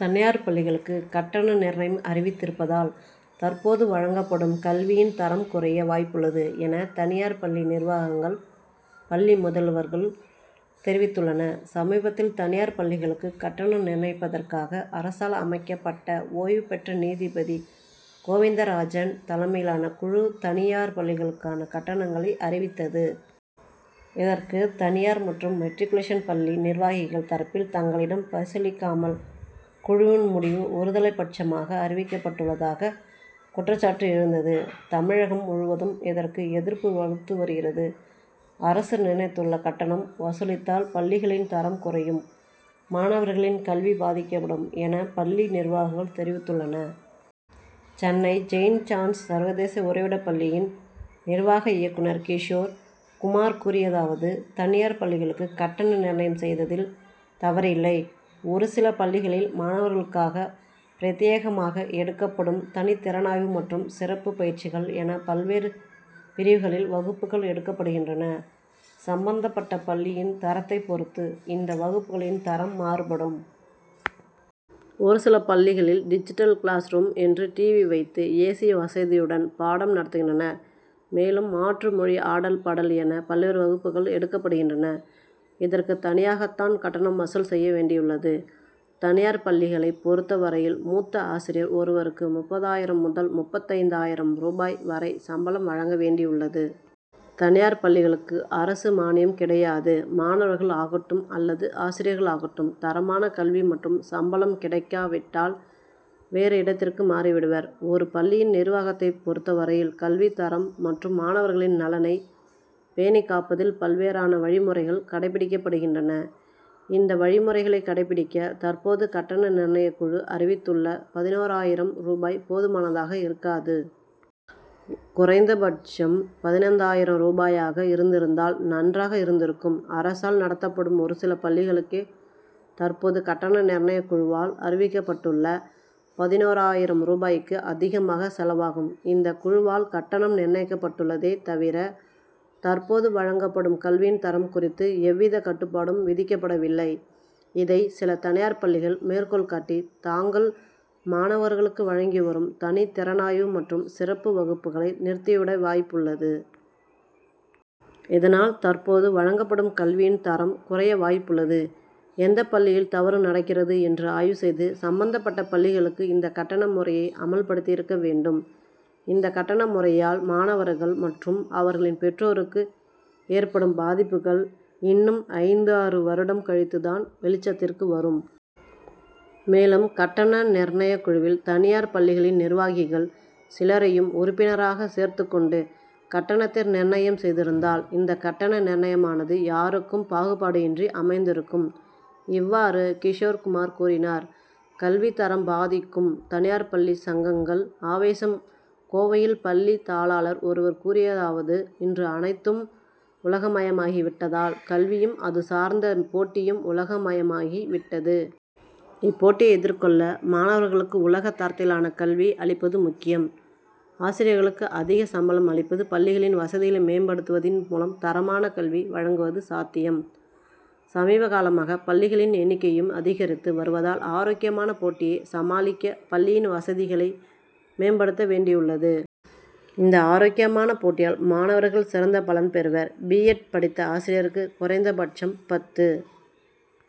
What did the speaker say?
தனியார் பள்ளிகளுக்கு கட்டண நிர்ணயம் அறிவித்திருப்பதால் தற்போது வழங்கப்படும் கல்வியின் தரம் குறைய வாய்ப்புள்ளது என தனியார் பள்ளி நிர்வாகங்கள் பள்ளி முதல்வர்கள் தெரிவித்துள்ளனர். சமீபத்தில் தனியார் பள்ளிகளுக்கு கட்டணம் நிர்ணயிப்பதற்காக அரசால் அமைக்கப்பட்ட ஓய்வுபெற்ற நீதிபதி கோவிந்தராஜன் தலைமையிலான குழு தனியார் பள்ளிகளுக்கான கட்டணங்களை அறிவித்தது. இதற்கு தனியார் மற்றும் மெட்ரிகுலேஷன் பள்ளி நிர்வாகிகள் தரப்பில் தங்களிடம் பரிசீலிக்காமல் குழுவின் முடிவு ஒருதலைப்பட்சமாக அறிவிக்கப்பட்டுள்ளதாக குற்றசாட்டு எழுந்தது. தமிழகம் முழுவதும் இதற்கு எதிர்ப்பு வலுத்து வருகிறது. அரசு நிர்ணயித்துள்ள கட்டணம் வசூலித்தால் பள்ளிகளின் தரம் குறையும் மாணவர்களின் கல்வி பாதிக்கப்படும் என பள்ளி நிர்வாகங்கள் தெரிவித்துள்ளன. சென்னை செயின்ட் ஜான்ஸ் சர்வதேச உறைவிடப்பள்ளியின் நிர்வாக இயக்குனர் கிஷோர் குமார் கூறியதாவது தனியார் பள்ளிகளுக்கு கட்டண நிர்ணயம் செய்ததில் தவறில்லை. ஒரு சில பள்ளிகளில் மாணவர்களுக்காக பிரத்தியேகமாக எடுக்கப்படும் தனித்திறனாய்வு மற்றும் சிறப்பு பயிற்சிகள் என பல்வேறு பிரிவுகளில் வகுப்புகள் எடுக்கப்படுகின்றன. சம்பந்தப்பட்ட பள்ளியின் தரத்தைப் பொறுத்து இந்த வகுப்புகளின் தரம் மாறுபடும். ஒரு சில பள்ளிகளில் டிஜிட்டல் கிளாஸ் ரூம் என்று டிவி வைத்து ஏசி வசதியுடன் பாடம் நடத்துகின்றனர். மேலும் மாற்று மொழி ஆடல் பாடல் என பல்வேறு வகுப்புகள் எடுக்கப்படுகின்றன. இதற்கு தனியாகத்தான் கட்டணம் வசூல் செய்ய வேண்டியுள்ளது. தனியார் பள்ளிகளைப் பொறுத்தவரையில் மூத்த ஆசிரியர் ஒருவருக்கு முப்பதாயிரம் முதல் முப்பத்தைந்தாயிரம் ரூபாய் வரை சம்பளம் வழங்க வேண்டியுள்ளது. தனியார் பள்ளிகளுக்கு அரசு மானியம் கிடையாது. மாணவர்கள் ஆகட்டும் அல்லது ஆசிரியர்கள் ஆகட்டும் தரமான கல்வி மற்றும் சம்பளம் கிடைக்காவிட்டால் வேறு இடத்திற்கு மாறிவிடுவர். ஒரு பள்ளியின் நிர்வாகத்தைப் பொறுத்தவரையில் கல்வி தரம் மற்றும் மாணவர்களின் நலனை பேணிக் காப்பதில் பல்வேறான வழிமுறைகள் கடைபிடிக்கப்படுகின்றன. இந்த வழிமுறைகள் கடைபிடிக்க தற்போது கட்டண நிர்ணயக்குழு அறிவித்துள்ள பதினோராயிரம் ரூபாய் போதுமானதாக இருக்காது. குறைந்தபட்சம் பதினைந்தாயிரம் ரூபாயாக இருந்திருந்தால் நன்றாக இருந்திருக்கும். அரசால் நடத்தப்படும் ஒருசில பள்ளிகளுக்கே தற்போது கட்டண நிர்ணயக்குழுவால் அறிவிக்கப்பட்டுள்ள பதினோராயிரம் ரூபாய்க்கு அதிகமாக செலவாகும். இந்தக் குழுவால் கட்டணம் நிர்ணயிக்கப்பட்டுள்ளதே தவிர தற்போது வழங்கப்படும் கல்வியின் தரம் குறித்து எவ்வித கட்டுப்பாடும் விதிக்கப்படவில்லை. இதை சில தனியார் பள்ளிகள் மேற்கோள்காட்டி தாங்கள் மாணவர்களுக்கு வழங்கிவரும் தனித்திறனாய்வு மற்றும் சிறப்பு வகுப்புகளை நிறுத்திவிட வாய்ப்புள்ளது. இதனால் தற்போது வழங்கப்படும் கல்வியின் தரம் குறைய வாய்ப்புள்ளது. எந்தப் பள்ளியில் தவறு நடக்கிறது என்று ஆய்வு செய்து சம்பந்தப்பட்ட பள்ளிகளுக்கு இந்த கட்டண முறையை அமல்படுத்தியிருக்க வேண்டும். இந்த கட்டண முறையால் மாணவர்கள் மற்றும் அவர்களின் பெற்றோருக்கு ஏற்படும் பாதிப்புகள் இன்னும் ஐந்தாறு வருடம் கழித்து தான் வெளிச்சத்திற்கு வரும். மேலும் கட்டண நிர்ணயக்குழுவில் தனியார் பள்ளிகளின் நிர்வாகிகள் சிலரையும் உறுப்பினராக சேர்த்துக் கொண்டு கட்டணத்தை நிர்ணயம் செய்திருந்தால் இந்த கட்டண நிர்ணயமானது யாருக்கும் பாகுபாடு இன்றி அமைந்திருக்கும். இவ்வாறு கிஷோர் குமார் கூறினார். கல்வித் தரம் பாதிக்கும் தனியார் பள்ளி சங்கங்கள் ஆவேசம் கோவையில் பள்ளி தாளாளர் ஒருவர் கூறியதாவது இன்று அனைத்தும் உலகமயமாகி விட்டதால் கல்வியும் அது சார்ந்த போட்டியும் உலகமயமாகி விட்டது. இப்போட்டியை எதிர்கொள்ள மாணவர்களுக்கு உலக தரத்தினாலான கல்வி அளிப்பது முக்கியம். ஆசிரியர்களுக்கு அதிக சம்பளம் அளிப்பது பள்ளிகளின் வசதிகளை மேம்படுத்துவதின் மூலம் தரமான கல்வி வழங்குவது சாத்தியம். சமீப காலமாக பள்ளிகளின் எண்ணிக்கையும் அதிகரித்து வருவதால் ஆரோக்கியமான போட்டியை சமாளிக்க பள்ளியின் வசதிகளை மேம்படுத்த வேண்டியதுள்ளது. இந்த ஆரோக்கியமான போட்டியால் மாணவர்கள் சிறந்த பலன் பெறுவர். பி. எட். படித்த ஆசிரியருக்கு குறைந்தபட்சம் பத்து